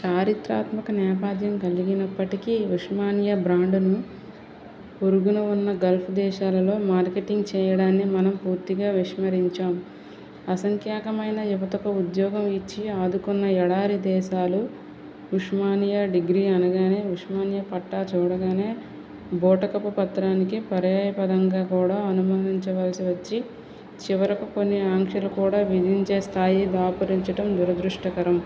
చారిత్రాత్మక నేపథ్యం కల్గినప్పటికీ ఉస్మానియా బ్రాండును పొరుగున ఉన్న గల్ఫ్ దేశాలలో మార్కెటింగ్ చేయడాన్ని మనం పూర్తిగా విస్మరించాం. అసంఖ్యాకమైన యువతకు ఉద్యోగం ఇచ్చి ఆదుకొన్న ఎడారి దేశాలు ఉస్మానియా డిగ్రీ అనగానే, ఉస్మానియా పట్టా చూడగానే, బూటకపు పత్రానికి పర్యాయపదంగా కూడా అనుమానించవలసి వచ్చి చివరకు కొన్ని ఆంక్షలు కూడా విధించే స్థాయి దాపురించడం దురదృష్టకరం.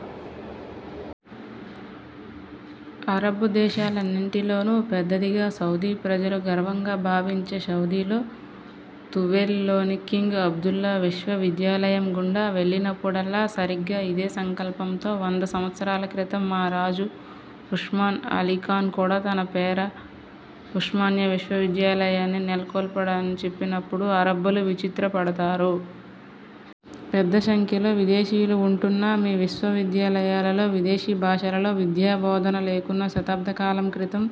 అరబ్బు దేశాలన్నింటిలోనూ పెద్దదిగా, సౌదీ ప్రజలు గర్వంగా భావించే సౌదీలో తువేల్ లోని కింగ్ అబ్దుల్లా విశ్వవిద్యాలయం గూండా వెళ్ళినప్పుడల్లా సరిగ్గా ఇదే సంకల్పంతో వంద సంవత్సరాల క్రితం మా రాజు ఉస్మాన్ అలీ ఖాన్ కూడ తన పేర ఉస్మానియా విశ్వవిద్యాలయాన్ని నెలకొల్పాడని చెప్పినప్పుడు అరబ్బులు విచిత్రపడతారు. పెద్ద సంఖ్యలో విదేశీయులు ఉంటున్నా మీ విశ్వవిద్యాలయాలలో విదేశీ భాషలలో విద్యా బోధన లేకున్నా శతాబ్ద కాలం క్రితం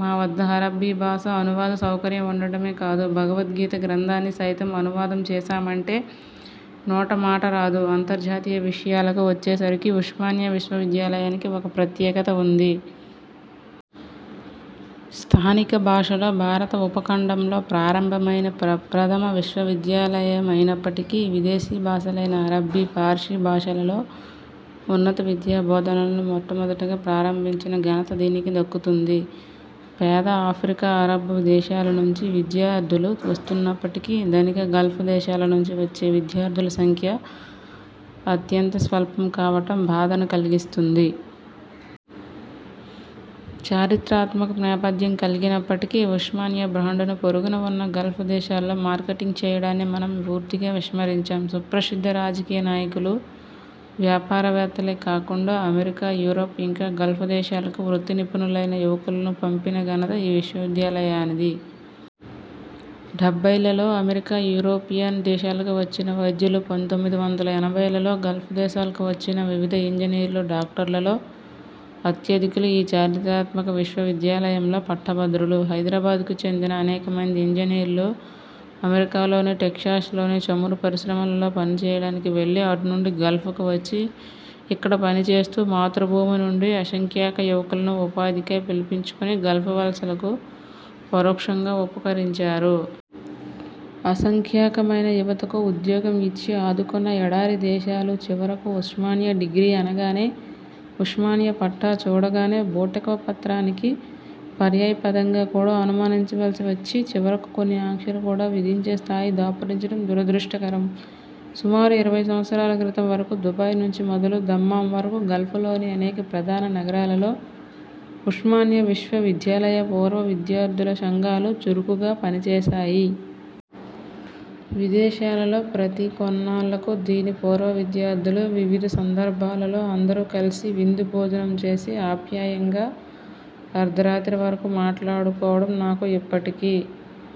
మా వద్ద అరబ్బీ భాష అనువాద సౌకర్యం ఉండడమే కాదు, భగవద్గీత గ్రంథాన్ని సైతం అనువాదం చేసామంటే నోట మాట రాదు. అంతర్జాతీయ విషయాలకు వచ్చేసరికి ఉస్మానియా విశ్వవిద్యాలయానికి ఒక ప్రత్యేకత ఉంది. స్థానిక భాషలో భారత ఉపఖండంలో ప్రారంభమైన ప్రప్రథమ విశ్వవిద్యాలయమైనప్పటికీ విదేశీ భాషలైన అరబ్బీ, పార్సీ భాషలలో ఉన్నత విద్యా బోధనలను మొట్టమొదటగా ప్రారంభిం చిన ఘనత దీనికి దక్కుతుంది. పేద ఆఫ్రికా, అరబ్బు దేశాల నుంచి విద్యా ర్థులు వస్తున్నప్పటికీ ధనిక గల్ఫ్ దేశాల నుంచి వచ్చే విద్యార్థుల సంఖ్య అత్యంత స్వల్పం కావటం బాధను కల్గిస్తుంది. చారిత్ర్మాక నేపథ్యం కల్గినప్పటికీ ఉస్మా నియా బ్రాండును పొరుగున ఉన్న గల్ఫ్ దేశాల్లో మార్కెటింగ్ చేయడాన్ని మనం పూర్తిగా విస్మరించాం. సుప్రసిద్ధ రాజకీయ నాయకులు, వ్యాపార వేత్తలే కాకుండా అమెరికా, యూరోప్, ఇంకా గల్ఫ్ దేశాలకు వృత్తి నిపుణులైన యువకులను పంపిన ఘనత ఈ విశ్వవిద్యాలయానిది. డెబ్బైలలో అమెరికా, యూరోపియన్ దేశాలకు వచ్చిన వైద్యులు, పంతొమ్మిది వందల ఎనభైలలో గల్ఫ్ దేశాలకు వచ్చిన వివిధ ఇంజినీర్లు, డాక్టర్లలో అత్యధికులు ఈ చారిత్ర్మాక విశ్వవిద్యాలయంలో పట్టభద్రులు. హైదరాబాద్ కు చెందిన అనేక మంది ఇంజినీర్లు అమెరికాలోని టెక్సాస్ లోని చమురు పరిశ్రమలలో పని చేయడానికి వెళ్ళి అటు నుండి గల్్ఫకు వచ్చి ఇక్కడ పని చేస్తూ మాతృభూమి నుండి అసంఖ్యాక యువకులను ఉపాధి కై పిలిపించుకొని గల్ఫ్ వలసలకు పరోక్షంగా ఉపకరించారు. అసంఖ్యాకమైన యువతకు ఉద్యోగం ఇచ్చి ఆదుకొన్న ఎడారి దేశాలు చివరకు ఉస్మానియా డిగ్రీ అనగానే, ఉస్మానియా పట్టా చూడగానే, బూటకపు పత్రానికి పర్యాయ పదంగా కూడా అనుమానించవలసి వచ్చి చివరకు కొన్ని ఆంక్షలు కూడా విధించే స్థాయి దాపురించడం దురదృష్టకరం. సుమారు ఇరవై సంవత్సరాల క్రితం వరకు దుబాయి నుంచి మొదలు దమ్మాం వరకు గల్ఫ్ లోని అనేక ప్రధాన నగరాలలో ఉస్మానియా విశ్వవిద్యాలయ పూర్వ విద్యార్థుల సంఘాలు చురుకుగా పని చేసాయి. విదేశాలలో ప్రతి కొన్నాళ్ళకు దీని పూర్వ విద్యార్థులు వివిధ సందర్భాలలో అందరు కలిసి విందు భోజనం చేసి అప్యాయంగా అర్ధరాత్రి వరకు మాట్లాడుకోవడం నాకు ఇప్పటికి